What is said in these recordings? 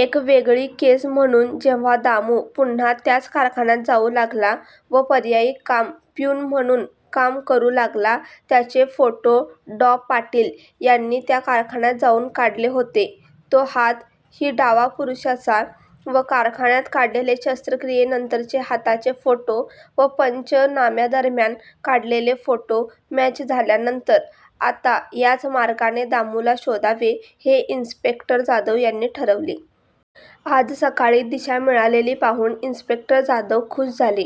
एक वेगळी केस म्हणुन जेव्हा दामु पुन्हा त्याच कारखान्यात जाऊ लागला, व पर्यायी काम प्युन म्हणुन काम करु लागला त्याचे फोटो डॉ. पाटील यांनी त्या कारखान्यात जाऊन काढले होते. " तो हात " ही डावा, पुरूषाचा व कारखान्यात काढलेले शस्त्रक्रियेनंतरचे हाताचे फोटो व पंचनाम्यादरम्यान काढलेले फोटॉ मॅच झाल्यानंतर आता याच मार्गाने दामुला शोधावे हे इन्सपेक्टर जाधव यांनी ठरवले. आज सकाळी दिशा मिळालेली पाहुन इन्सपेक्टर जाधव खुष झाले.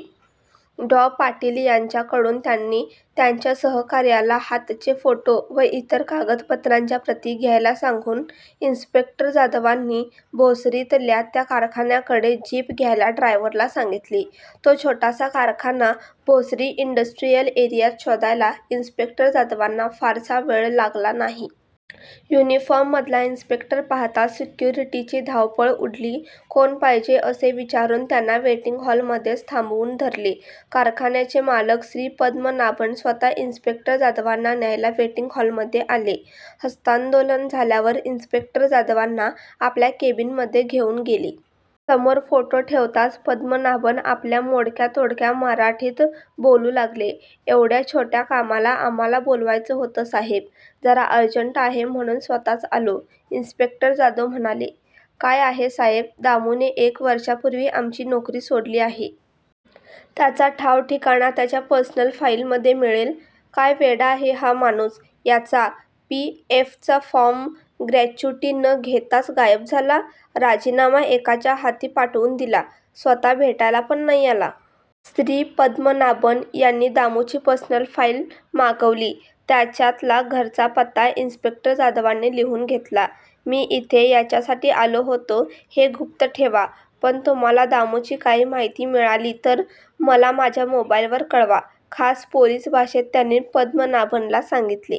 डॉ. पाटील यांच्याकडुन त्यांनी त्यांच्या सहकार्याला हातचे फोटो व इतर कागदपत्रांच्या प्रती घ्यायला सांगुन इन्सपेक्टर जाधवांनी भोसरीतल्या त्या कारखान्याकडे जीप घ्यायला ड्रायव्हरला सांगीतले. तो छोटासा कारखाना भोसरी इंडस्ट्रीयल एरीयात शोधायला इन्सपेक्टर जाधवांना फारसा वेळ लागला नाही. युनीफार्ममधला इन्सपेक्टर पहाताच सिक्युरीटीची धावपळ उडाली. कोण पाहिजे असे विचारुन त्यांना वेटींग हॉल मध्येच थांबवुन धरले. कारखान्याचे मालक श्री पद्मनाभन स्वतः इन्सपेक्टर जाधवांना न्यायला वेटींग हॉलमधे आले. ह्स्तांदोलन झाल्यावर इन्सपेक्टर जाधवांना आपल्या केबीनमध्ये घेऊन गेले. समोर फोटो ठेवताच पद्मनाभन आपल्या मोडक्या तोडक्या मराठीत बोलु लागले " येव्हड्या छोट्या कामाला आम्हाला बोलवयच होत साहेब". "जरा अर्जंट आहे म्हणुन स्वतःच आलो "इन्सपेक्टर जाधव म्हणाले. " काय आहे साहेब दामु ने एक वर्षापुर्वी आमची नोकरी सोडली आहे. त्याचा ठाव ठिकाणा त्याच्या पर्सनल फाईल मधे मिळेल. काय वेडा आहे हा माणुस. याचा पी. एफ. चा फॉर्म, ग्रॅच्युटी न घेताच गायब झाला. राजीनामा एकाच्या हाती पाठवुन दिला. स्वतः भेटायला पण नाही आला. श्री. पद्मनाभन यांनी दामुची पर्सनल फाईल मागवली. त्यातला घरचा पत्ता इन्सपेक्टर जाधवांनी लिहुन घेतला. "मी इथे याच्यासाठी आलो होतो हे गुप्त ठेवा पण तुम्हाला दामुची काही माहिती मिळालीतर मला माझ्या मोबाईलवर कळवा. " खास पोलीसी भाषेत त्यांनी पद्मनाभनला सांगीतले.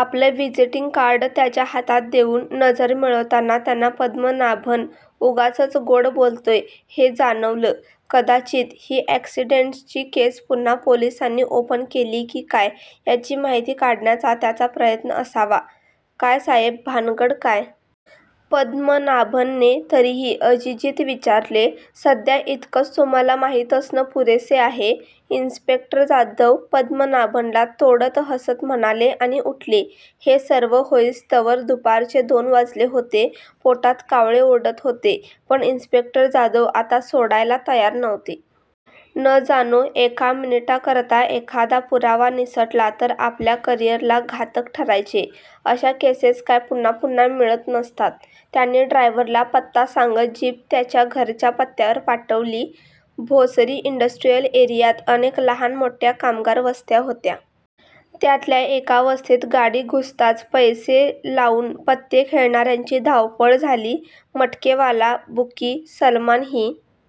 आपल व्हिजीटींग कार्ड त्याच्या हातात देऊन नजर मिळवताना त्यांना पदमनाभन उगाचच गोड बोलतोय हे जाणवल. कदाचीत ही अॅक्सीडेंट्ची केस पुन्हा पोलीसांनी ओपन केली की काय याची माहिती काढण्याचा त्याचा प्रयत्न असावा "काय साहेब भानगड काय? " पद्मनाभन ने तरीही अजिजीत विचारले. "सध्या इतकच तुम्हाला माहित असण पुरेसे आहे" इन्सपेक्टर जाधव पद्मनाभनला तोडत हसत म्हणाले आणि उठले. हे सर्व होईस्त्वर दुपारचे दोन वाजले होते. पोटात कावळे ओरडत होते पण इन्सपेक्टर जाधव आता सोडायला तयार नव्हते. न जाणो एका मिनीटाकरता एखादा पुरावा निसटला तर आपल्या करीयरला घातक ठरायचे. अश्या केसेस काय पुन्हा पुन्हा मिळत नसतात. त्यांनी ड्रायव्हरला पत्ता सांगत जीप त्याच्या घराच्या पत्यावर वळवली. भोसरी इंडस्ट्रीयल एरीयात अनेक लहान मोठ्या कामगार वस्त्या होत्या. त्यातल्या एका वस्तीत गाडी घुसताच पैसे लाऊन पत्ते खेळणार्यांची धावपळ झाली. मटकेवाला बुकी सलमान ही--